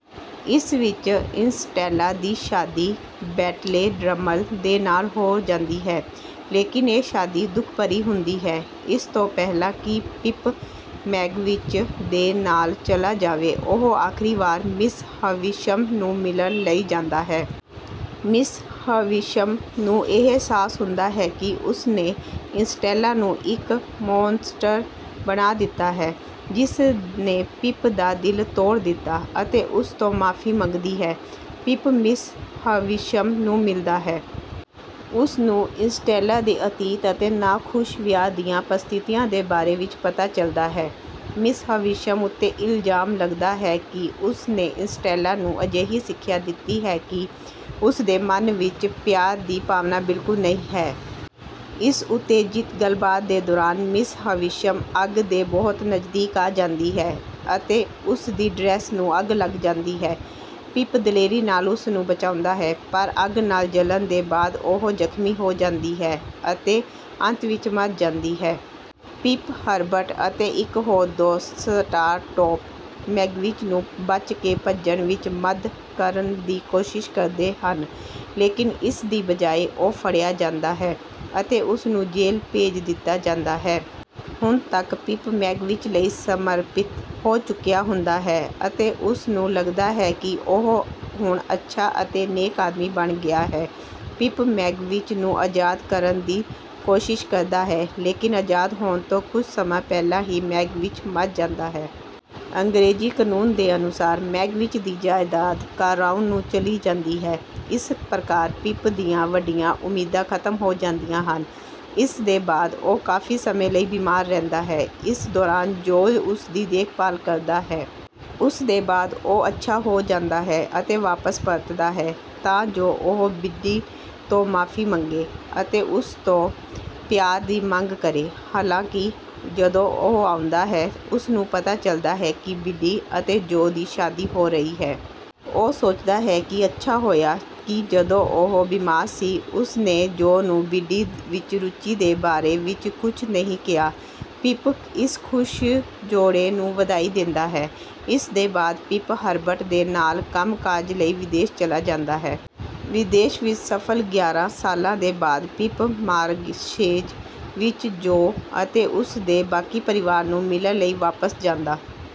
ਇਸ ਵਿੱਚ ਇਸਟੈਲਾ ਦੀ ਸ਼ਾਦੀ ਬੈਂਟਲੇ ਡ੍ਰਮਲ ਦੇ ਨਾਲ ਹੋ ਜਾਂਦੀ ਹੈ, ਲੇਕਿਨ ਇਹ ਸ਼ਾਦੀ ਦੁਖਭਰੀ ਹੁੰਦੀ ਹੈ। ਇਸ ਤੋਂ ਪਹਿਲਾਂ ਕਿ ਪਿਪ ਮੈਗਵਿਚ ਦੇ ਨਾਲ ਚਲਾ ਜਾਵੇ, ਉਹ ਆਖਰੀ ਵਾਰ ਮਿਸ ਹਵਿਸ਼ਮ ਨੂੰ ਮਿਲਣ ਲਈ ਜਾਂਦਾ ਹੈ। ਮਿਸ ਹਵਿਸ਼ਮ ਨੂੰ ਇਹ ਅਹਿਸਾਸ ਹੁੰਦਾ ਹੈ ਕਿ ਉਸ ਨੇ ਇਸਟੈਲਾ ਨੂੰ ਇੱਕ ਮੌਨਸਟਰ ਬਣਾ ਦਿੱਤਾ ਹੈ, ਜਿਸ ਨੇ ਪਿਪ ਦਾ ਦਿਲ ਤੋੜ ਦਿੱਤਾ, ਅਤੇ ਉਸ ਤੋਂ ਮਾਫੀ ਮੰਗਦੀ ਹੈ। ਪਿਪ ਮਿਸ ਹਵਿਸ਼ਮ ਨੂੰ ਮਿਲਦਾ ਹੈ। ਉਸ ਨੂੰ ਇਸਟੈਲਾ ਦੇ ਅਤੀਤ ਅਤੇ ਨਾਖੁਸ਼ ਵਿਆਹ ਦੀਆਂ ਪਰਿਸਥਿਤੀਆਂ ਦੇ ਬਾਰੇ ਵਿੱਚ ਪਤਾ ਚੱਲਦਾ ਹੈ। ਮਿਸ ਹਵਿਸ਼ਮ ਉੱਤੇ ਇਲਜ਼ਾਮ ਲੱਗਦਾ ਹੈ ਕਿ ਉਸ ਨੇ ਇਸਟੈਲਾ ਨੂੰ ਅਜਿਹੀ ਸਿੱਖਿਆ ਦਿੱਤੀ ਹੈ ਕਿ ਉਸ ਦੇ ਮਨ ਵਿੱਚ ਪਿਆਰ ਦੀ ਭਾਵਨਾ ਬਿਲਕੁੱਲ ਨਹੀਂ ਹੈ। ਇਸ ਉਤੇਜਿਤ ਗੱਲਬਾਤ ਦੇ ਦੌਰਾਨ, ਮਿਸ ਹਵਿਸ਼ਮ ਅੱਗ ਦੇ ਬਹੁਤ ਨਜ਼ਦੀਕ ਆ ਜਾਂਦੀ ਹੈ ਅਤੇ ਉਸ ਦੀ ਡਰੈਸ ਨੂੰ ਅੱਗ ਲੱਗ ਜਾਂਦੀ ਹੈ। ਪਿਪ ਦਲੇਰੀ ਨਾਲ ਉਸ ਨੂੰ ਬਚਾਉਂਦਾ ਹੈ, ਪਰ ਅੱਗ ਨਾਲ ਜਲਣ ਦੇ ਬਾਅਦ ਉਹ ਜ਼ਖ਼ਮੀ ਹੋ ਜਾਂਦੀ ਹੈ ਅਤੇ ਅੰਤ ਵਿੱਚ ਮਰ ਜਾਂਦੀ ਹੈ। ਪਿਪ, ਹਰਬਰਟ, ਅਤੇ ਇੱਕ ਹੋਰ ਦੋਸਤ, ਸਟਾਰਟੋਪ, ਮੈਗਵਿਚ ਨੂੰ ਬਚ ਕੇ ਭੱਜਣ ਵਿੱਚ ਮਦ ਕਰਨ ਦੀ ਕੋਸ਼ਿਸ਼ ਕਰਦੇ ਹਨ। ਲੇਕਿਨ ਇਸ ਦੀ ਬਜਾਏ ਉਹ ਫੜਿਆ ਜਾਂਦਾ ਹੈ ਅਤੇ ਉਸ ਨੂੰ ਜੇਲ੍ਹ ਭੇਜ ਦਿੱਤਾ ਜਾਂਦਾ ਹੈ। ਹੁਣ ਤੱਕ ਪਿਪ ਮੈਗਵਿਚ ਲਈ ਸਮਰਪਿਤ ਹੋ ਚੁੱਕਿਆ ਹੁੰਦਾ ਹੈ ਅਤੇ ਉਸ ਨੂੰ ਲੱਗਦਾ ਹੈ ਕਿ ਉਹ ਹੁਣ ਅੱਛਾ ਅਤੇ ਨੇਕ ਆਦਮੀ ਬਣ ਗਿਆ ਹੈ। ਪਿਪ ਮੈਗਵਿਚ ਨੂੰ ਆਜ਼ਾਦ ਕਰਨ ਦੀ ਕੋਸ਼ਿਸ਼ ਕਰਦਾ ਹੈ ਲੇਕਿਨ ਆਜ਼ਾਦ ਹੋਣ ਤੋਂ ਕੁਝ ਸਮਾਂ ਪਹਿਲਾਂ ਹੀ ਮੈਗਵਿਚ ਮਰ ਜਾਂਦਾ ਹੈ। ਅੰਗਰੇਜ਼ੀ ਕਨੂੰਨ ਦੇ ਅਨੁਸਾਰ ਮੈਗਵਿਚ ਦੀ ਜਾਇਦਾਦ ਕਰਾਊਨ ਨੂੰ ਚਲੀ ਜਾਂਦੀ ਹੈ। ਇਸ ਪ੍ਰਕਾਰ ਪਿਪ ਦੀਆਂ ਵੱਡੀਆਂ ਉਮੀਦਾਂ ਖ਼ਤਮ ਹੋ ਜਾਂਦੀਆਂ ਹਨ। ਇਸ ਦੇ ਬਾਅਦ ਉਹ ਕਾਫ਼ੀ ਸਮੇਂ ਲਈ ਬੀਮਾਰ ਰਹਿੰਦਾ ਹੈ। ਇਸ ਦੌਰਾਨ ਜੋਅ ਉਸ ਦੀ ਦੇਖਭਾਲ ਕਰਦਾ ਹੈ। ਉਸ ਦੇ ਬਾਅਦ ਉਹ ਅੱਛਾ ਹੋ ਜਾਂਦਾ ਹੈ, ਅਤੇ ਵਾਪਸ ਪਰਤਦਾ ਹੈ ਤਾਂ ਜੋ ਉਹ ਬਿੱਡੀ ਤੋਂ ਮਾਫੀ ਮੰਗੇ ਅਤੇ ਉਸ ਤੋਂ ਪਿਆਰ ਦੀ ਮੰਗ ਕਰੇ। ਹਾਲਾਂਕਿ, ਜਦੋਂ ਉਹ ਆਉਂਦਾ ਹੈ, ਉਸ ਨੂੰ ਪਤਾ ਚੱਲਦਾ ਹੈ ਕਿ ਬਿੱਡੀ ਅਤੇ ਜੋਅ ਦੀ ਸ਼ਾਦੀ ਹੋ ਰਹੀ ਹੈ। ਉਹ ਸੋਚਦਾ ਹੈ ਕਿ ਅੱਛਾ ਹੋਇਆ ਕਿ ਜਦੋਂ ਉਹ ਬੀਮਾਰ ਸੀ ਉਸ ਨੇ ਜੋਅ ਨੂੰ ਬਿੱਡੀ ਵਿੱਚ ਰੁਚੀ ਦੇ ਬਾਰੇ ਵਿੱਚ ਕੁਝ ਨਹੀਂ ਕਿਹਾ। ਪਿਪ ਇਸ ਖੁਸ਼ ਜੋੜੇ ਨੂੰ ਵਧਾਈ ਦਿੰਦਾ ਹੈ। ਇਸ ਦੇ ਬਾਅਦ, ਪਿਪ ਹਰਬਰਟ ਦੇ ਨਾਲ ਕੰਮ-ਕਾਜ ਲਈ ਵਿਦੇਸ਼ ਚਲਾ ਜਾਂਦਾ ਹੈ। ਵਿਦੇਸ਼ ਵਿੱਚ ਸਫਲ ਗਿਆਰਾਂ ਸਾਲਾਂ ਦੇ ਬਾਅਦ, ਪਿਪ ਮਾਰਸ਼ੇਜ਼ ਵਿੱਚ ਜੋਅ ਅਤੇ ਉਸ ਦੇ ਬਾਕੀ ਪਰਿਵਾਰ ਨੂੰ ਮਿਲਣ ਲਈ ਵਾਪਸ ਜਾਂਦਾ